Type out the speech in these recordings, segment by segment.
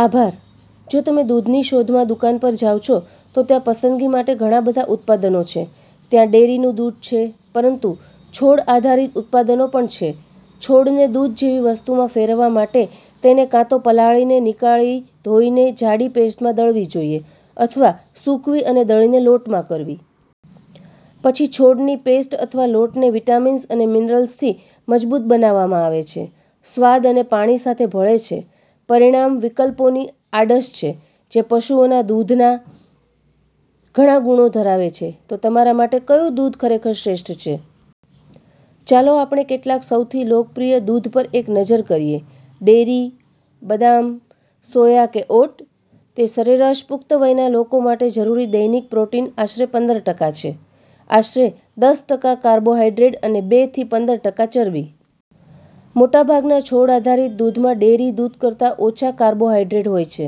આભાર. જો તમે દૂધની શોધમાં દુકાન પર જાઓ છો, તો ત્યાં પસંદગી માટે ઘણા બધા ઉત્પાદનો છે. ત્યાં ડેરીનું દૂધ છે, પરંતુ છોડ આધારિત ઉત્પાદનો પણ છે. છોડને દૂધ જેવી વસ્તુમાં ફેરવવા માટે, તેને કાં તો પલાળીને, નીકાળી, ધોઈને જાડી પેસ્ટમાં દળવી જોઈએ, અથવા સૂકવી, અને દળીને લોટમાં કરવી. પછી છોડની પેસ્ટ અથવા લોટને વિટામિન્સ અને મિનરલ્સથી મજબૂત બનાવવામાં આવે છે, સ્વાદ, અને પાણી સાથે ભળે છે. પરિણામ વિકલ્પોની આડશ છે જે પશુઓના દૂધના ઘણા ગુણો ધરાવે છે. તો તમારા માટે કયું દૂધ ખરેખર શ્રેષ્ઠ છે? ચાલો આપણે કેટલાક સૌથી લોકપ્રિય દૂધ પર એક નજર કરીએ: ડેરી, બદામ, સોયા કે ઓટ? તે સરેરાશ પુખ્ત વયના લોકો માટે જરૂરી દૈનિક પ્રોટીન આશરે પંદર ટકા છે, આશરે દસ ટકા કાર્બોહાઈડ્રેટ અને બે થી પંદર ટકા ચરબી. મોટાભાગના છોડ આધારિત દૂધમાં ડેરી દૂધ કરતાં ઓછા કાર્બોહાઇડ્રેટ હોય છે.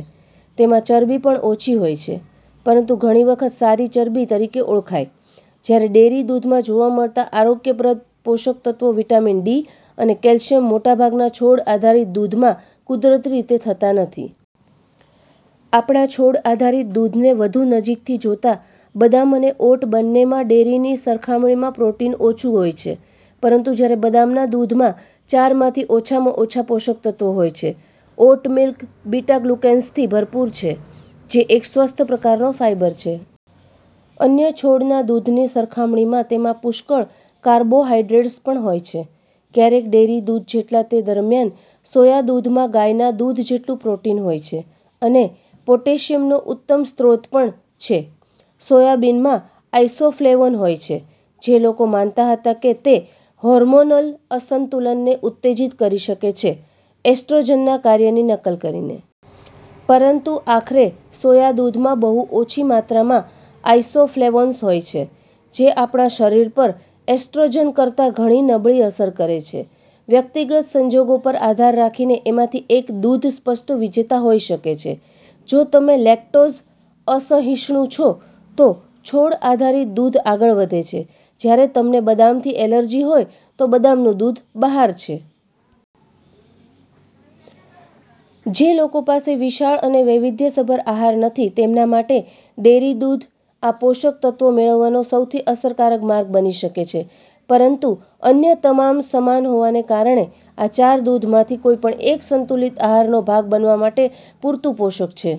તેમાં ચરબી પણ ઓછી હોય છે, પરંતુ ઘણી વખત "સારી ચરબી" તરીકે ઓળખાય. જ્યારે, ડેરી દૂધમાં જોવા મળતા આરોગ્યપ્રદ પોષક તત્વો વિટામિન ડી અને કેલ્શિયમ મોટાભાગના છોડ આધારિત દૂધમાં કુદરતી રીતે થતા નથી. આપણા છોડ આધારિત દૂધને વધુ નજીકથી જોતાં, બદામ અને ઓટ બંનેમાં ડેરીની સરખામણીમાં પ્રોટીન ઓછું હોય છે. પરંતુ જ્યારે બદામના દૂધમાં ચારમાંથી ઓછામાં ઓછા પોષક તત્વો હોય છે, ઓટ મિલ્ક બીટા-ગ્લુકેન્સથી ભરપૂર છે, જે એક સ્વસ્થ પ્રકારનો ફાઇબર છે. અન્ય છોડના દૂધની સરખામણીમાં તેમાં પુષ્કળ કાર્બોહાઇડ્રેટ્સ પણ હોય છે- ક્યારેક ડેરી દૂધ જેટલા. તે દરમિયાન, સોયા દૂધમાં ગાયના દૂધ જેટલું પ્રોટીન હોય છે અને પોટેશિયમનો ઉત્તમ સ્ત્રોત પણ છે. સોયાબીનમાં આઇસોફ્લેવોન હોય છે, જે લોકો માનતા હતા કે, તે હોર્મોનલ અસંતુલનને ઉત્તેજિત કરી શકે છે એસ્ટ્રોજનના કાર્યની નકલ કરીને. પરંતુ આખરે, સોયા દૂધમાં બહુ ઓછી માત્રામાં આઇસોફ્લેવોન્સ હોય છે, જે આપણા શરીર પર એસ્ટ્રોજન કરતાં ઘણી નબળી અસર કરે છે. વ્યક્તિગત સંજોગો પર આધાર રાખીને, આમાંથી એક દૂધ સ્પષ્ટ વિજેતા હોઈ શકે છે: જો તમે લેક્ટોઝ અસહિષ્ણુ છો, તો છોડ આધારિત દૂધ આગળ વધે છે, જ્યારે તમને બદામથી એલર્જી હોય, તો બદામનું દૂધ બહાર છે. જે લોકો પાસે વિશાળ અને વૈવિધ્યસભર આહાર નથી, તેમના માટે ડેરી દૂધ, આ પોષક તત્વો મેળવવાનો સૌથી અસરકારક માર્ગ બની શકે છે પરંતુ અન્ય તમામ સમાન હોવાને કારણે, આ ચાર દૂધમાંથી કોઈપણ એક સંતુલિત આહારનો ભાગ બનવા માટે પૂરતું પોષક છે.